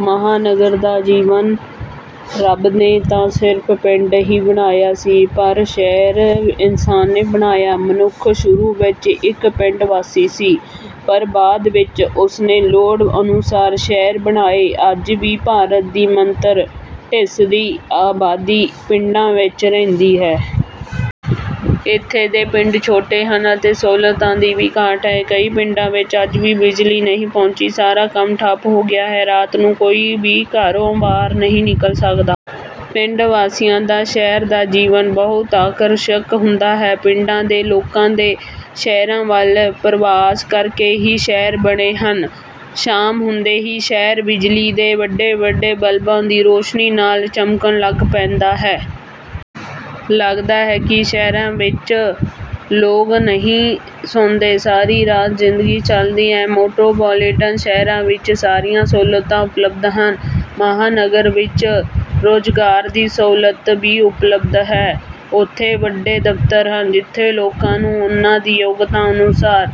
ਮਹਾਨਗਰ ਦਾ ਜੀਵਨ ਰੱਬ ਨੇ ਤਾਂ ਸਿਰਫ਼ ਪਿੰਡ ਹੀ ਬਣਾਇਆ ਸੀ ਪਰ ਸ਼ਹਿਰ ਇਨਸਾਨ ਨੇ ਬਣਾਇਆ। ਮਨੁੱਖ ਸ਼ੁਰੂ ਵਿੱਚ ਇੱਕ ਪਿੰਡ ਵਾਸੀ ਸੀ। ਪਰ ਬਾਅਦ ਵਿੱਚ ਉਸ ਨੇ ਲੋੜ ਅਨੁਸਾਰ ਸ਼ਹਿਰ ਬਣਾਏ। ਅੱਜ ਵੀ ਭਾਰਤ ਦੀ ਮੰਤਰ ਫੀਸਦੀ ਆਬਾਦੀ ਪਿੰਡਾਂ ਵਿੱਚ ਰਹਿੰਦੀ ਹੈ। ਇੱਥੇਂ ਦੇ ਪਿੰਡ ਛੋਟੇ ਹਨ ਅਤੇ ਸਹੂਲਤਾਂ ਦੀ ਵੀ ਘਾਟ ਹੈ। ਕਈ ਪਿੰਡਾਂ ਵਿੱਚ ਅੱਜ ਵੀ ਬਿਜਲੀ ਨਹੀਂ ਪਹੁੰਚੀ। ਸਾਰਾ ਕੰਮ ਠੱਪ ਹੋ ਗਿਆ ਹੈ। ਰਾਤ ਨੂੰ ਕੋਈ ਵੀ ਘਰੋਂ ਬਾਹਰ ਨਹੀਂ ਨਿਕਲ ਸਕਦਾ। ਪਿੰਡ ਵਾਸੀਆਂ ਦਾ ਸ਼ਹਿਰ ਦਾ ਜੀਵਨ ਬਹੁਤ ਆਕਰਸ਼ਕ ਹੁੰਦਾ ਹੈ। ਪਿੰਡਾਂ ਦੇ ਲੋਕਾਂ ਦੇ ਸ਼ਹਿਰਾਂ ਵੱਲ ਪਰਵਾਸ ਕਰਕੇ ਹੀ ਸ਼ਹਿਰ ਬਣੇ ਹਨ। ਸ਼ਾਮ ਹੁੰਦੇ ਹੀ ਸ਼ਹਿਰ ਬਿਜਲੀ ਦੇ ਵੱਡੇ-ਵੱਡੇ ਬਲਬਾਂ ਦੀ ਰੋਸ਼ਨੀ ਨਾਲ ਚਮਕਣ ਲੱਗ ਪੈਂਦਾ ਹੈ। ਲੱਗਦਾ ਹੈ ਕਿ ਸ਼ਹਿਰਾਂ ਵਿੱਚ ਲੋਕ ਨਹੀਂ ਸੌਂਦੇ, ਸਾਰੀ ਰਾਤ ਜ਼ਿੰਦਗੀ ਚਲਦੀ ਹੈ। ਮੈਟਰੋਪੋਲੀਟਨ ਸ਼ਹਿਰਾਂ ਵਿੱਚ ਸਾਰੀਆਂ ਸਹੂਲਤਾਂ ਉਪਲਬਧ ਹਨ। ਮਹਾਂਨਗਰ ਵਿੱਚ ਰੁਜ਼ਗਾਰ ਦੀ ਸਹੂਲਤ ਵੀ ਉਪਲਬਧ ਹੈ। ਉੱਥੇ ਵੱਡੇ ਦਫ਼ਤਰ ਹਨ। ਜਿੱਥੇ ਲੋਕਾਂ ਨੂੰ ਉਨ੍ਹਾਂ ਦੀ ਯੋਗਤਾ ਅਨੁਸਾਰ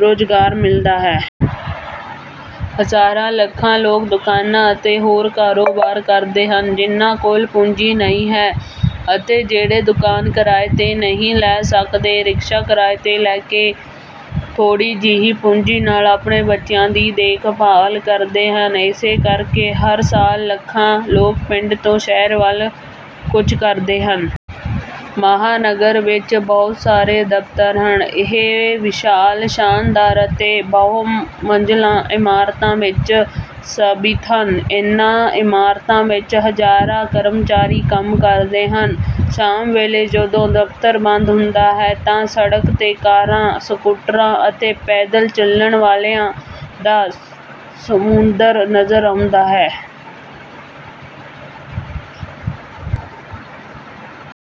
ਰੁਜ਼ਗਾਰ ਮਿਲਦਾ ਹੈ। ਹਜ਼ਾਰਾਂ-ਲੱਖਾਂ ਲੋਕ ਦੁਕਾਨਾਂ ਅਤੇ ਹੋਰ ਕਾਰੋਬਾਰ ਕਰਦੇ ਹਨ। ਜਿਨ੍ਹਾਂ ਕੋਲ ਪੂੰਜੀ ਨਹੀਂ ਹੈ। ਅਤੇ ਜਿਹੜੇ ਦੁਕਾਨ ਕਿਰਾਏ 'ਤੇ ਨਹੀਂ ਲੈ ਸਕਦੇ। ਰਿਕਸ਼ਾ ਕਿਰਾਏ 'ਤੇ ਲੈ ਕੇ ਥੋੜ੍ਹੀ ਜਿਹੀ ਪੂੰਜੀ ਨਾਲ ਆਪਣੇ ਬੱਚਿਆਂ ਦੀ ਦੇਖਭਾਲ ਕਰਦੇ ਹਨ, ਇਸੇ ਕਰਕੇ ਹਰ ਸਾਲ ਲੱਖਾਂ ਲੋਕ ਪਿੰਡ ਤੋਂ ਸ਼ਹਿਰ ਵੱਲ ਕੂਚ ਕਰਦੇ ਹਨ। ਮਹਾਂਨਗਰ ਵਿੱਚ ਬਹੁਤ ਸਾਰੇ ਦਫ਼ਤਰ ਹਨ। ਇਹ ਵਿਸ਼ਾਲ, ਸ਼ਾਨਦਾਰ ਅਤੇ ਬਹੁ-ਮੰਜ਼ਲਾ ਇਮਾਰਤਾਂ ਵਿੱਚ ਸਥਿਤ ਹਨ। ਇਨ੍ਹਾਂ ਇਮਾਰਤਾਂ ਵਿੱਚ ਹਜ਼ਾਰਾਂ ਕਰਮਚਾਰੀ ਕੰਮ ਕਰਦੇ ਹਨ। ਸ਼ਾਮ ਵੇਲੇ ਜਦੋਂ ਦਫ਼ਤਰ ਬੰਦ ਹੁੰਦਾ ਹੈ ਤਾਂ ਸੜਕ 'ਤੇ ਕਾਰਾਂ, ਸਕੂਟਰਾਂ ਅਤੇ ਪੈਦਲ ਚੱਲਣ ਵਾਲਿਆਂ ਦਾ ਸਮੁੰਦਰ ਨਜ਼ਰ ਆਉਂਦਾ ਹੈ।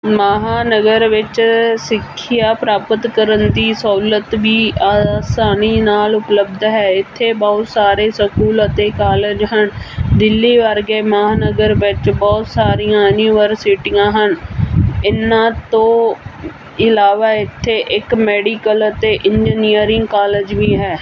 ਮਹਾਂਨਗਰ ਵਿੱਚ ਸਿੱਖਿਆ ਪ੍ਰਾਪਤ ਕਰਨ ਦੀ ਸਹੂਲਤ ਵੀ ਆਸਾਨੀ ਨਾਲ ਉਪਲਬਧ ਹੈ। ਇੱਥੇ ਬਹੁਤ ਸਾਰੇ ਸਕੂਲ ਅਤੇ ਕਾਲਜ ਹਨ। ਦਿੱਲੀ ਵਰਗੇ ਮਹਾਂਨਗਰ ਵਿੱਚ ਬਹੁਤ ਸਾਰੀਆਂ ਯੂਨੀਵਰਸਿਟੀਆਂ ਹਨ। ਇਨ੍ਹਾਂ ਤੋਂ ਇਲਾਵਾ ਇੱਥੇ ਇੱਕ ਮੈਡੀਕਲ ਅਤੇ ਇੰਜਨੀਅਰਿੰਗ ਕਾਲਜ ਵੀ ਹੈ।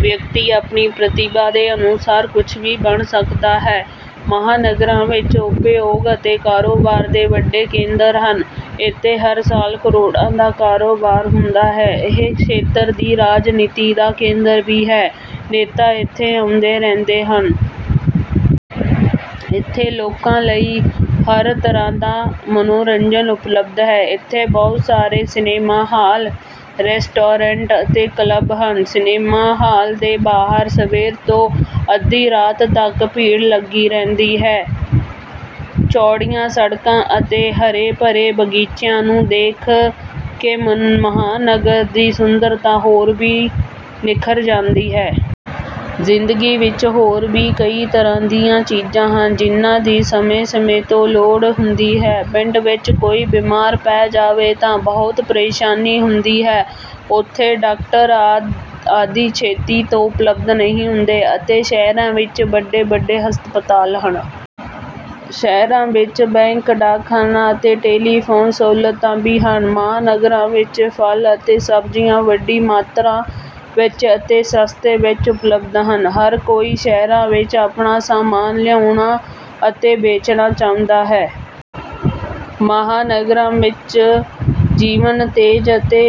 ਵਿਅਕਤੀ ਆਪਣੀ ਪ੍ਰਤਿਭਾ ਦੇ ਅਨੁਸਾਰ ਕੁਝ ਵੀ ਬਣ ਸਕਦਾ ਹੈ। ਮਹਾਨਗਰਾਂ ਵਿੱਚ ਉਦਯੋਗ ਅਤੇ ਕਾਰੋਬਾਰ ਦੇ ਵੱਡੇ ਕੇਂਦਰ ਹਨ। ਇੱਥੇ ਹਰ ਸਾਲ ਕਰੋੜਾਂ ਦਾ ਕਾਰੋਬਾਰ ਹੁੰਦਾ ਹੈ। ਇਹ ਖੇਤਰ ਦੀ ਰਾਜਨੀਤੀ ਦਾ ਕੇਂਦਰ ਵੀ ਹੈ, ਨੇਤਾ ਇੱਥੇ ਆਉਂਦੇ ਰਹਿੰਦੇ ਹਨ। ਇੱਥੇ ਲੋਕਾਂ ਲਈ ਹਰ ਤਰ੍ਹਾਂ ਦਾ ਮਨੋਰੰਜਨ ਉਪਲਬਧ ਹੈ। ਇੱਥੇ ਬਹੁਤ ਸਾਰੇ ਸਿਨੇਮਾ ਹਾਲ, ਰੈਸਟੋਰੈਂਟ ਅਤੇ ਕਲੱਬ ਹਨ। ਸਿਨੇਮਾ ਹਾਲ ਦੇ ਬਾਹਰ ਸਵੇਰ ਤੋਂ ਅੱਧੀ ਰਾਤ ਤੱਕ ਭੀੜ ਲੱਗੀ ਰਹਿੰਦੀ ਹੈ। ਚੌੜੀਆਂ ਸੜਕਾਂ ਅਤੇ ਹਰੇ-ਭਰੇ ਬਗੀਚਿਆਂ ਨੂੰ ਦੇਖ ਕੇ ਮਹਾਂਨਗਰ ਦੀ ਸੁੰਦਰਤਾ ਹੋਰ ਵੀ ਨਿਖਰ ਜਾਂਦੀ ਹੈ। ਜ਼ਿੰਦਗੀ ਵਿਚ ਹੋਰ ਵੀ ਕਈ ਤਰ੍ਹਾਂ ਦੀਆਂ ਚੀਜ਼ਾਂ ਹਨ। ਜਿਨ੍ਹਾਂ ਦੀ ਸਮੇਂ-ਸਮੇਂ 'ਤੋ ਲੋੜ ਹੁੰਦੀ ਹੈ। ਪਿੰਡ ਵਿੱਚ ਕੋਈ ਬਿਮਾਰ ਪੈ ਜਾਵੇ ਤਾਂ ਬਹੁਤ ਪ੍ਰੇਸ਼ਾਨੀ ਹੁੰਦੀ ਹੈ। ਉਥੇ ਡਾਕਟਰ ਆਦਿ ਛੇਤੀ ਤੋਂ ਉਪਲਬਧ ਨਹੀਂ ਹੁੰਦੇ ਅਤੇ ਸ਼ਹਿਰਾਂ ਵਿਚ ਵੱਡੇ-ਵੱਡੇ ਹਸਪਤਾਲ ਹਨ। ਸ਼ਹਿਰਾਂ ਵਿੱਚ ਬੈਂਕ, ਡਾਕਖਾਨਾ ਅਤੇ ਟੈਲੀਫੋਨ ਸਹੂਲਤਾਂ ਵੀ ਹਨ। ਮਹਾਨਗਰਾਂ ਵਿੱਚ ਫਲ ਅਤੇ ਸਬਜ਼ੀਆਂ ਵੱਡੀ ਮਾਤਰਾ ਵਿੱਚ ਅਤੇ ਸਸਤੇ ਵਿੱਚ ਉਪਲਬਧ ਹਨ। ਹਰ ਕੋਈ ਸ਼ਹਿਰਾਂ ਵਿੱਚ ਆਪਣਾ ਸਾਮਾਨ ਲਿਆਉਣਾ ਅਤੇ ਵੇਚਣਾ ਚਾਹੁੰਦਾ ਹੈ। ਮਹਾਨਗਰਾਂ ਵਿੱਚ ਜੀਵਨ ਤੇਜ਼ ਅਤੇ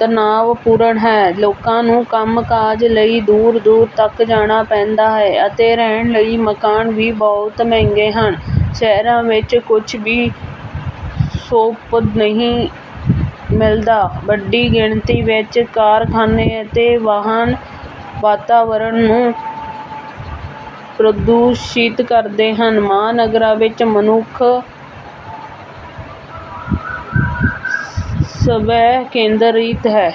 ਤਣਾਵਪੂਰਨ ਹੈ। ਲੋਕਾਂ ਨੂੰ ਕੰਮ-ਕਾਜ ਲਈ ਦੂਰ-ਦੂਰ ਤੱਕ ਜਾਣਾ ਪੈਂਦਾ ਹੈ ਅਤੇ ਰਹਿਣ ਲਈ ਮਕਾਨ ਵੀ ਬਹੁਤ ਮਹਿੰਗੇ ਹਨ। ਸ਼ਹਿਰਾਂ ਵਿੱਚ ਕੁਝ ਵੀ ਸ਼ੁੱਧ ਨਹੀਂ ਮਿਲਦਾ। ਵੱਡੀ ਗਿਣਤੀ ਵਿੱਚ ਕਾਰਖਾਨੇ ਅਤੇ ਵਾਹਨ ਵਾਤਾਵਰਨ ਨੂੰ ਪ੍ਰਦੂਸ਼ਿਤ ਕਰਦੇ ਹਨ। ਮਹਾਨਗਰਾਂ ਵਿੱਚ ਮਨੁੱਖ ਸਵੈ-ਕੇਂਦਰਿਤ ਹੈ।